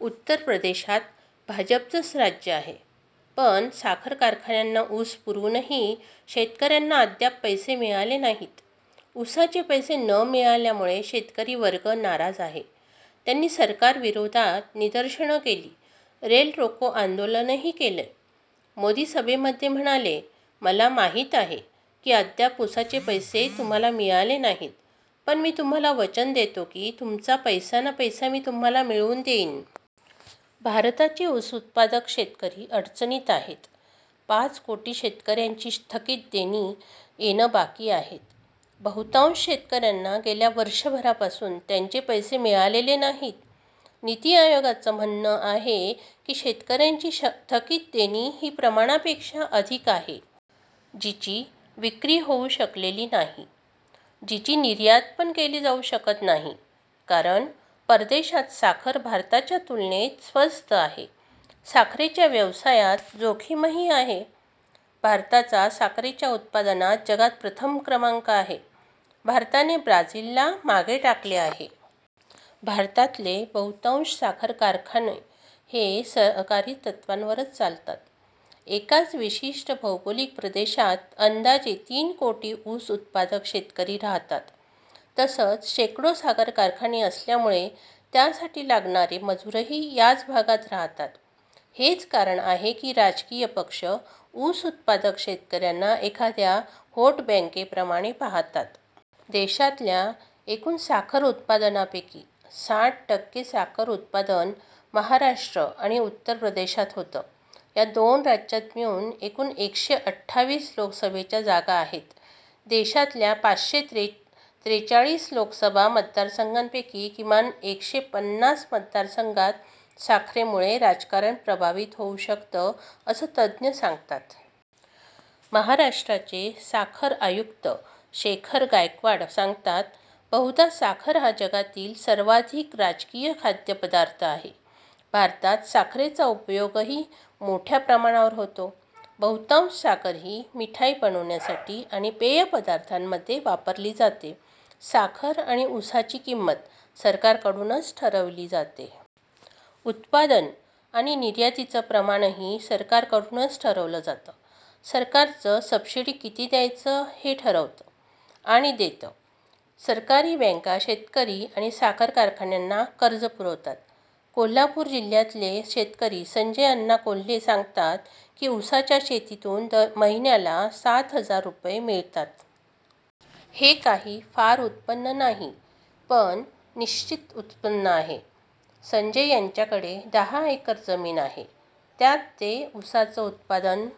उत्तर प्रदेशात भाजपचंच राज्य आहे. पण साखर कारखान्यांना ऊस पुरवूनही शेतकऱ्यांना अद्याप पैसे मिळाले नाहीत. ऊसाचे पैसे न मिळाल्यामुळे शेतकरी वर्ग नाराज आहे. त्यांनी सरकारविरोधात निदर्शनं केली, रेलरोको आंदोलनही केलं. मोदी सभेमध्ये म्हणाले, मला माहीत आहे की अद्याप ऊसाचे पैसे तुम्हाला मिळाले नाहीत, पण मी तुम्हाला वचन देतो की तुमचा पैसा न पैसा मी तुम्हाला मिळवून देईन. भारताचे ऊस उत्पादक शेतकरी अडचणीत आहेत. पाच कोटी शेतकऱ्यांची थकीत देणी येणं बाकी आहेत. बहुतांश शेतकऱ्यांना गेल्या वर्षभरापासून त्यांचे पैसे मिळालेले नाहीत. नीती आयोगाचं म्हणणं आहे की शेतकऱ्यांची थकीत देणी ही प्रमाणापेक्षा अधिक आहे. जिची विक्री होऊ शकलेली नाही. जिची निर्यात पण केली जाऊ शकत नाही, कारण परदेशात साखर भारताच्या तुलनेत स्वस्त आहे. साखरेच्या व्यवसायात जोखीमही आहे. भारताचा साखरेच्या उत्पादनात जगात प्रथम क्रमांक आहे. भारताने ब्राझीलला मागे टाकलं आहे. भारतातले बहुतांश साखर कारखान हे सहकारी तत्त्वावरच चालतात. एकाच विशिष्ट भौगोलिक प्रदेशात अंदाजे तीन कोटी ऊस उत्पादक शेतकरी राहतात. तसंच शेकडो साखर कारखाने असल्यामुळे त्यासाठी लागणारे मजूरही याच भागात राहतात. हेच कारण आहे की राजकीय पक्ष ऊस उत्पादक शेतकऱ्यांना एखाद्या व्होट बॅंकेप्रमाणे पाहतात. देशातल्या एकूण साखर उत्पादनापैकी साठ टक्के साखर उत्पादन महाराष्ट्र आणि उत्तर प्रदेशात होतं. या दोन राज्यात मिळून एकूण एकशे अठ्ठावीस लोकसभेच्या जागा आहेत. देशातल्या पाचशे त्रेचाळीस लोकसभा मतदारसंघापैकी किमान एकशे पन्नास मतदारसंघात साखरेमुळे राजकारण प्रभावित होऊ शकतं असं तज्ज्ञ सांगतात. महाराष्ट्राचे साखर आयुक्त शेखर गायकवाड सांगतात, बहुधा साखर हा जगातील सर्वाधिक राजकीय खाद्यपदार्थ आहे. भारतात साखरेचा उपयोगही मोठ्या प्रमाणावर होतो. बहुतांश साखर ही मिठाई बनवण्यासाठी आणि पेय पदार्थांमध्ये वापरली जाते. साखर आणि ऊसाची किंमत सरकारकडूनच ठरवली जाते. उत्पादन आणि निर्यातीचं प्रमाणही सरकारकडूनच ठरवलं जातं. सरकारच सबसिडी किती द्यायचं हे ठरवतं आणि देतं. सरकारी बॅंका शेतकरी आणि साखर कारखान्यांना कर्ज पुरवतात. कोल्हापूर जिल्ह्यातले शेतकरी संजय अण्णा कोल्हे सांगतात की ऊसाच्या शेतीतून महिन्याला सात हजार रुपये मिळतात. हे काही फार उत्पन्न नाही, पण निश्चित उत्पन्न आहे. संजय यांच्याकडे दहा एकर जमीन आहे. त्यात ते ऊसाचं उत्पादन